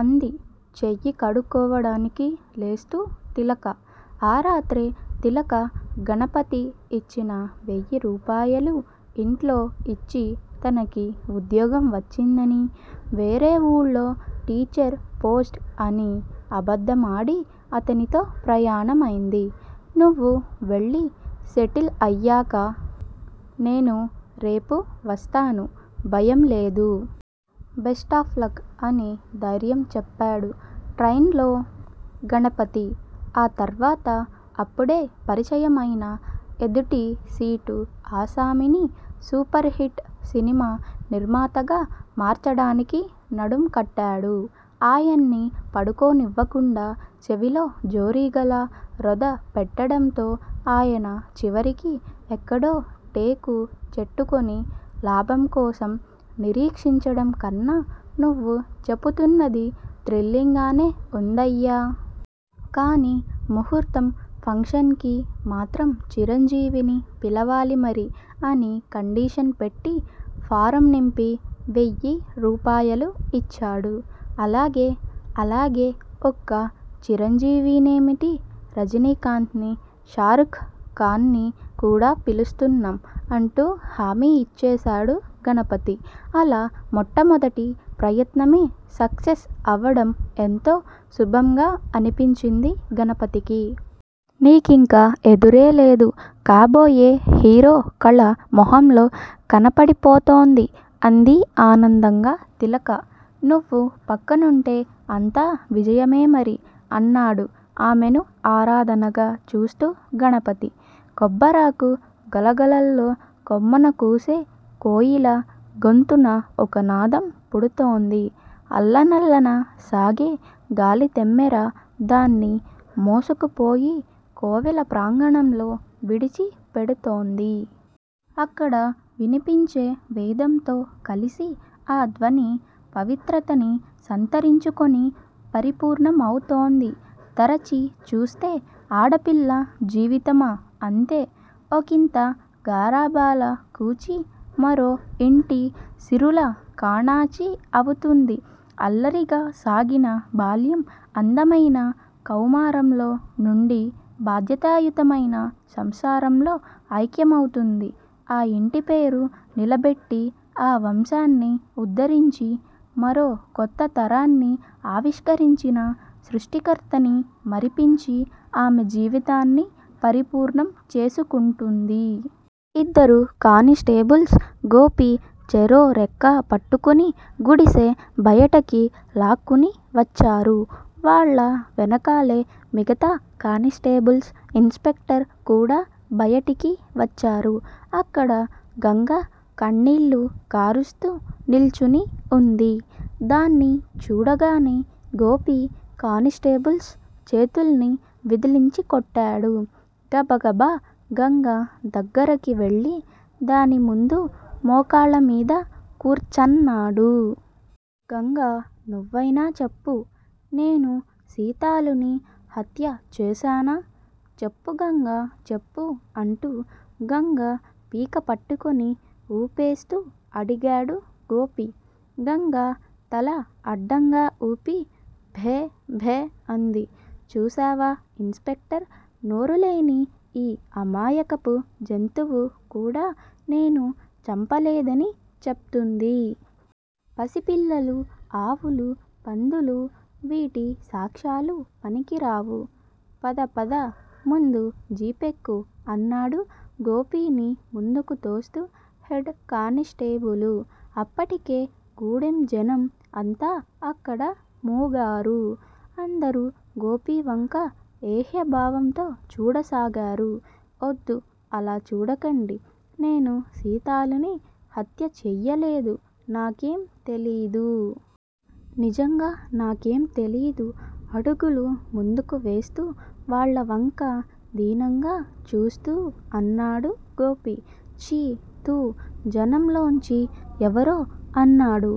అంది చెయ్యి కడుక్కోవడానికి లేస్తూ తిలక. ఆ రాత్రే తిలక గణపతి ఇచ్చిన వెయ్యి రూపాయలూ ఇంట్లో ఇచ్చి తనకి ఉద్యోగం వచ్చిందనీ, వేరే వూళ్ళో టీచర్ పోస్ట్ అనీ అబద్దమాడి అతనితో ప్రయాణమైంది. నువ్వు వెళ్లి సెటిల్ అయ్యాక నేను రేపు వస్తాను. భయం లేదు. Best of luck! అని ధైర్యం చెప్పాడు ట్రైన్ లో గణపతి. ఆ తర్వాత అప్పుడే పరిచయమైన ఎదుటి సీటు ఆసామిని సూపర్ హిట్ సినిమా నిర్మాతగా మార్చడానికి నడుం కట్టాడు. ఆయన్ని పడుకోనివ్వకుండా చెవిలో జోరీగలా రొద పెట్టడంతో ఆయన చివరికి ఎక్కడో టేకు చెట్టుకొని లాభం కోసం నిరీక్షించడం కన్నా నువ్వు చెపుతున్నది థ్రిల్లింగ్ గానే ఉందయ్యా! కానీ ముహూర్తం ఫంక్షన్ కి మాత్రం చిరంజీవిని పిలవాలి మరి! అని కండీషన్ పెట్టి, ఫారం నింపి వెయ్యి రూపాయలూ ఇచ్చాడు. అలాగే అలాగే ఒక్క చిరంజీవినేమిటీ, రజనీకాంత్ నీ, షారూఖ్ ఖాన్ నీ కూడా పిలుస్తున్నాం! అంటూ హామీ ఇచ్చేశాడు గణపతి. అలా మొట్టమొదటి ప్రయత్నమే సక్సెస్ అవడం ఎంతో శుభంగా అనిపించింది గణపతికి. నీకింక ఎదురే లేదు! కాబోయే హీరో కళ మొహంలో కనపడిపోతోంది! అంది ఆనందంగా తిలక. నువ్వు పక్కనుంటే అంతా విజయమే మరి! అన్నాడు ఆమెను ఆరాధనగా చూస్తూ గణపతి. కొబ్బరాకు గలగలల్లో కొమ్మనకూసే కోయిల గొంతున ఒకనాధం పుడుతోంది. అల్లనల్లన సాగే గాలితెమ్మెర దాన్ని మోసుకుపోయి కోవెల ప్రాంగణంలో విడిచి పెడుతోంది. అక్కడ వినిపించే వేదంతో కలిసి ఆ ధ్వని పవిత్రతని సంతరించుకొని పరిపూర్ణమౌతోంది. తరచి చూస్తే ఆడపిల్ల జీవితమా అంతే. ఒకింత గారాబాల కూచి మరో ఇంటి సిరుల కాణాచి అవుతుంది. అల్లరిగా సాగిన బాల్యం అందమైన కౌమారంలో నుండి బాధ్యతాయుతమైన సంసారంలో ఐక్యమవుతుంది. ఆ ఇంటి పేరు నిలబెట్టి ఆ వంశాన్ని ఉద్ధరించి మరో కొత్త తరాన్ని ఆవిష్కరించిన సృష్టికర్తని మరిపించి ఆమె జీవితాన్ని పరిపూర్ణం చేసుకుంటుంది. ఇద్దరు కానిస్టేబుల్స్ గోపీ చెరో రెక్కా పట్టుకుని గుడిసె బయటకి లాక్కుని వచ్చారు. వాళ్ళ వెనకాలే మిగతా కానిస్టేబుల్స్, ఇన్ స్పెక్టర్ కూడా బయటికి వచ్చారు. అక్కడ గంగ కన్నీళ్ళు కారుస్తూ నిల్చుని ఉంది. దాన్ని చూడగానే గోపి కానిస్టేబుల్స్ చేతుల్ని విదిలించి కొట్టాడు. గబగబా గంగ దగ్గరకి వెళ్ళి దాని ముందు మోకాళ్ళమీద కూర్చన్నాడు. గంగా నువ్వైనా చెప్పు. నేను సీతాలుని హత్య చేశానా? చెప్పు గంగా చెప్పు అంటూ గంగ పీక పట్టుకుని ఊపేస్తూ అడిగాడు గోపి. గంగ తల అడ్డంగా ఊపి భే భే అంది. చూశావా ఇన్ స్పెక్టర్! నోరులేని ఈ అమాయకపు జంతువు కూడా నేను చంపలేదని చెప్తుంది. పసిపిల్లలూ, ఆవులూ, పందులూ, వీటి సాక్ష్యాలు పనికిరావు. పద పద ముందు జీపెక్కు అన్నాడు గోపిని ముందుకు తోస్తూ హెడ్ కానిస్టేబులు. అప్పటికే గూడెంజనం అంతా అక్కడ మూగారు. అందరూ గోపివంక ఏహ్యభావంతో చూడసాగారు. వద్దు. అలా చూడకండి. నేను సీతాలుని హత్య చెయ్యలేదు. నాకేం తెలీదు. నిజంగా నాకేం తెలీదు అడుగులు ముందుకు వేస్తూ వాళ్ళవంక దీనంగా చూస్తూ అన్నాడు గోపి. ఛీ థూ జనంలోంచి ఎవరో అన్నాడు.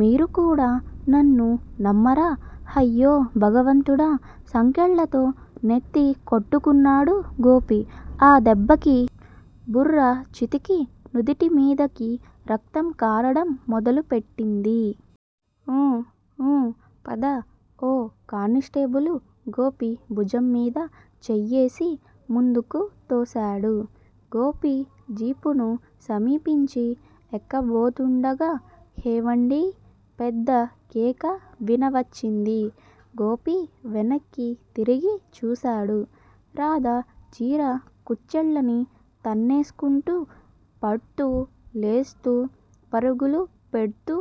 మీరు కూడా నన్ను నమ్మరా? హయ్యో భగవంతుడా సంకెళ్ళతో నెత్తి కొట్టుకున్నాడు గోపి. ఆ దెబ్బకి బుర్ర చితికి నుదుటిమీదికి రక్తం కారడం మొదలుపెట్టింది. ఊ ఊ పద ఓ కానిస్టేబులు గోపి భుజంమీద చెయ్యేసి ముందుకు తోశాడు. గోపి జీపును సమీపించి ఎక్కబోతూండగా. హేవండీ పెద్ద కేక వినవచ్చింది. గోపీ వెనక్కి తిరిగి చూశాడు. రాధ చీర కుచ్చెళ్లని తన్నేస్కుంటూ, పడ్తూ లేస్తూ పరుగులు పెడ్తూ